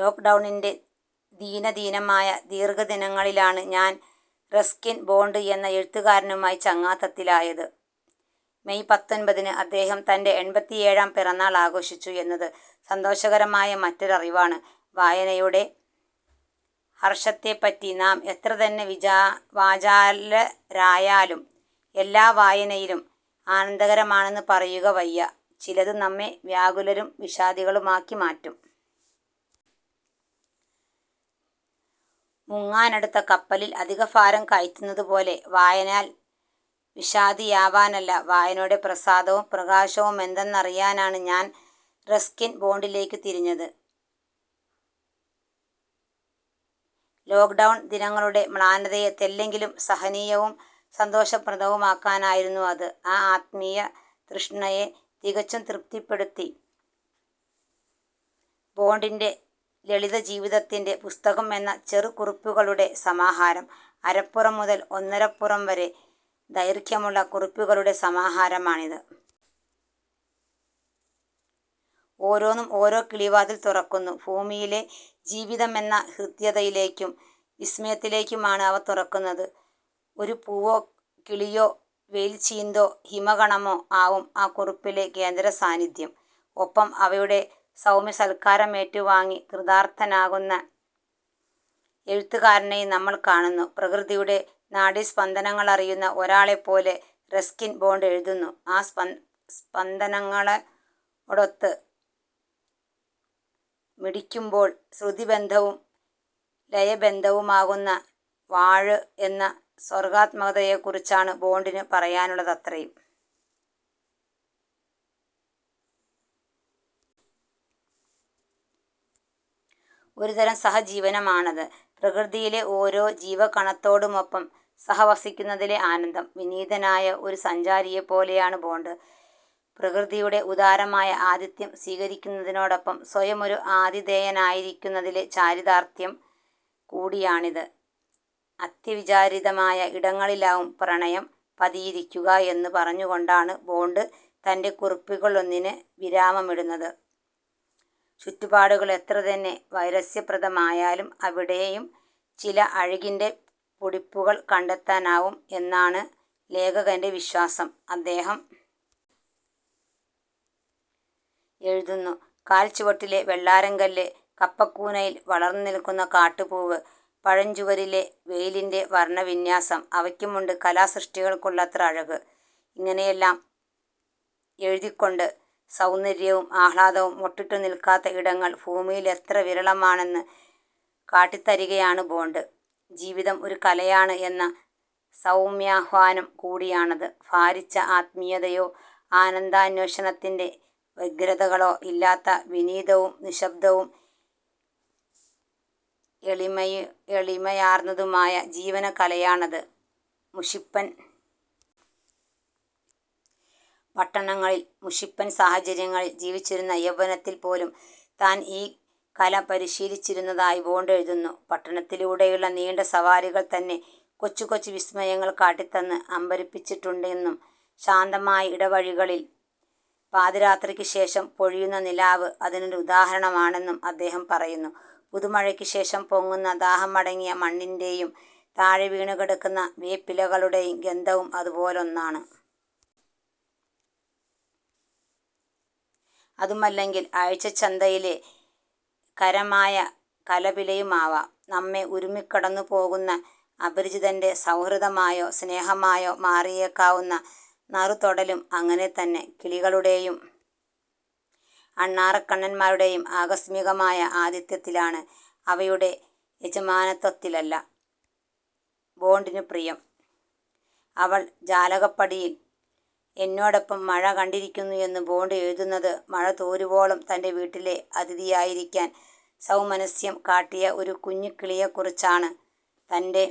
ലോക്ഡൗണിൻറെ ദീനദീനമായ ദീർഘദിനങ്ങളിലാണ് ഞാൻ Ruskin bond എന്ന എഴുത്തുകാരനുമായി ചങ്ങാത്തത്തിലായത്. May പത്തൊൻപതിന് അദ്ദേഹം തൻറെ എൺപത്തിയേഴാം പിറന്നാൾ ആഘോഷിച്ചു എന്നത് സന്തോഷകരമായ മറ്റൊരറിവാണ്. വായനയുടെ ഹർഷത്തെപ്പറ്റി നാം എത്രതന്നെ വിചാ വാചാലരായാലും എല്ലാ വായനയിലും ആനന്ദകരമാണെന്ന് പറയുക വയ്യ. ചിലത് നമ്മെ വ്യാകുലരും വിഷാദികളുമാക്കി മാറ്റും. മുങ്ങാനടുത്ത കപ്പലിൽ അധികഭാരം കയറ്റുന്നതുപോലെ വായനയാൽ വിഷാദിയാവാനല്ല, വായനയുടെ പ്രസാദവും പ്രകാശവുമെന്തെന്നറിയാനാണ് ഞാൻ റസ്കിൻ ബോണ്ടിലേക്കു തിരിഞ്ഞത്. ലോക്ഡൗൺ ദിനങ്ങളുടെ മ്ലാനതയെ തെല്ലെങ്കിലും സഹനീയവും സന്തോഷപ്രദവുമാക്കാനായിരുന്നു അത്.ആ ആത്മീയതൃഷ്ണയെ തികച്ചും തൃപ്തിപ്പെടുത്തി ബോണ്ടിന്റെ ലളിതജീവിതത്തിൻറെ പുസ്തകം എന്ന ചെറുകുറിപ്പുകളുടെ സമാഹാരം. അരപ്പുറം മുതൽ ഒന്നരപ്പുറം വരെ ദൈർഘ്യമുള്ള കുറിപ്പുകളുടെ സമാഹാരമാണിത്. ഓരോന്നും ഓരോ കിളിവാതിൽ തുറക്കുന്നു. ഫൂമിയിലെ ജീവിതമെന്ന ഹൃദ്യതയിലേക്കും വിസ്മയത്തിലേക്കുമാണ് അവ തുറക്കുന്നത്. ഒരു പൂവോ കിളിയോ വെയിൽച്ചീന്തോ ഹിമകണമോ ആവും ആ കുറിപ്പിലെ കേന്ദ്രസാന്നിധ്യം. ഒപ്പം അവയുടെ സൗമ്യസൽക്കാരമേറ്റുവാങ്ങി കൃതാർഥനാകുന്ന എഴുത്തുകാരനെയും നമ്മൾ കാണുന്നു. പ്രകൃതിയുടെ നാഡീസ്പന്ദനങ്ങളറിയുന്ന ഒരാളെപ്പോലെ റസ്കിൻ ബോണ്ട് എഴുതുന്നു. ആ സ്പ സ്പന്ദനങ്ങളോടൊത്ത് മിടിക്കുമ്പോൾ ശ്രുതിബദ്ധവും ലയബദ്ധവുമാകുന്ന വാഴ്വ് എന്ന സർഗാത്മകതയെക്കുറിച്ചാണ് ബോണ്ടിനു പറയാനുള്ളതത്രയും. ഒരുതരം സഹജീവനമാണത്. പ്രകൃതിയിലെ ഓരോ ജീവകണത്തോടുമൊപ്പം സഹവസിക്കുന്നതിലെ ആനന്ദം. വിനീതനായ ഒരു സഞ്ചാരിയെപ്പോലെയാണ് ബോണ്ട്. പ്രകൃതിയുടെ ഉദാരമായ ആതിഥ്യം സ്വീകരിക്കുന്നതിനോടൊപ്പം സ്വയമൊരു ആതിഥേയനായിരിക്കുന്നതിലെ ചാരിതാർഥ്യം കൂടിയാണിത്. അത്യവിചാരിതമായ ഇടങ്ങളിലാവും പ്രണയം പതിയിരിക്കുക എന്നു പറഞ്ഞുകൊണ്ടാണ് ബോണ്ട് തൻറെ കുറിപ്പുകളിലൊന്നിന് വിരാമമിടുന്നത്. ചുറ്റുപാടുകൾ എത്രതന്നെ വൈരസ്യപ്രദമായാലും അവിടെയും ചില അഴകിൻറെ പൊടിപ്പുകൾ കണ്ടെത്താനാവും എന്നാണ് ലേഖകൻന്റെ വിശ്വാസം. അദ്ദേഹം എഴുതുന്നു. കാൽച്ചുവട്ടിലെ വെള്ളാരംകല്ല്, കുപ്പക്കൂനയിൽ വളർന്നുനിൽക്കുന്ന കാട്ടുപൂവ്, പഴഞ്ചുവരിലെ വെയിലിൻറെ വർണവിന്യാസം. അവയ്ക്കുമുണ്ട് കലാസൃഷ്ടികൾക്കുള്ളത്ര അഴക്. ഇങ്ങനെയെല്ലാം എഴുതിക്കൊണ്ട് സൗന്ദര്യവും ആഹ്ലാദവും മൊട്ടിട്ടുനിൽക്കാത്ത ഇടങ്ങൾ ഫൂമിയിൽ എത്ര വിരളമാണെന്നു കാട്ടിത്തരികയാണ് ബോണ്ട്. ജീവിതം ഒരു കലയാണ് എന്ന സൗമ്യാഹ്വാനം കൂടിയാണത്. ഫാരിച്ച ആത്മീയതയോ ആനന്ദാന്വേഷണത്തിൻറെ വ്യഗ്രതകളോ ഇല്ലാത്ത വിനീതവും നിശ്ശബ്ദവും എളിമ എളിമയാർന്നതുമായ ജീവനകലയാണത്. മുഷിപ്പൻ പട്ടണങ്ങളിൽ മുഷിപ്പൻ സാഹചര്യങ്ങളിൽ ജീവിച്ചിരുന്ന യൗവനത്തിൽ പോലും താൻ ഈ കല പരിശീലിച്ചിരുന്നതായി ബോണ്ട് എഴുതുന്നു. പട്ടണത്തിലൂടെയുള്ള നീണ്ട സവാരികൾ തന്നെ കൊച്ചുകൊച്ചു വിസ്മയങ്ങൾ കാട്ടിത്തന്ന് അമ്പരപ്പിച്ചിട്ടുണ്ടെന്നും ശാന്തമായ ഇടവഴികളിൽ പാതിരാത്രിക്കു ശേഷം പൊഴിയുന്ന നിലാവ് അതിനൊരു ഉദാഹരണമാണെന്നും അദ്ദേഹം പറയുന്നു. പുതുമഴയ്ക്കു ശേഷം പൊങ്ങുന്ന ദാഹമടങ്ങിയ മണ്ണിൻറെ യും താഴെ വീണുകിടക്കുന്ന വേപ്പിലകളുടെയും ഗന്ധവും അതുപോലൊന്നാണ്. അതുമല്ലെങ്കിൽ ആഴ്ചച്ചന്തയിലെ കരമായ കലപിലയുമാവാം. നമ്മെ ഉരുമ്മിക്കടന്നുപോകുന്ന അപരിചിതൻറെ സൗഹൃദമായോ സ്നേഹമായോ മാറിയേക്കാവുന്ന നറുതൊടലും അങ്ങനെതന്നെ. കിളികളുടെയും അണ്ണാറക്കണ്ണന്മാരുടെയും ആകസ്മികമായ ആതിഥ്യത്തിലാണ്, അവയുടെ യജമാനത്വത്തിലല്ല, ബോണ്ടിനു പ്രിയം. അവൾ ജാലകപ്പടിയിൽ എന്നോടൊപ്പം മഴ കണ്ടിരിക്കുന്നു എന്ന് ബോണ്ട് എഴുതുന്നത് മഴ തോരുവോളം തൻറെ വീട്ടിലെ അതിഥിയായിരിക്കാൻ സൗമനസ്യം കാട്ടിയ ഒരു കുഞ്ഞുകിളിയെക്കുറിച്ചാണ്. തൻറെ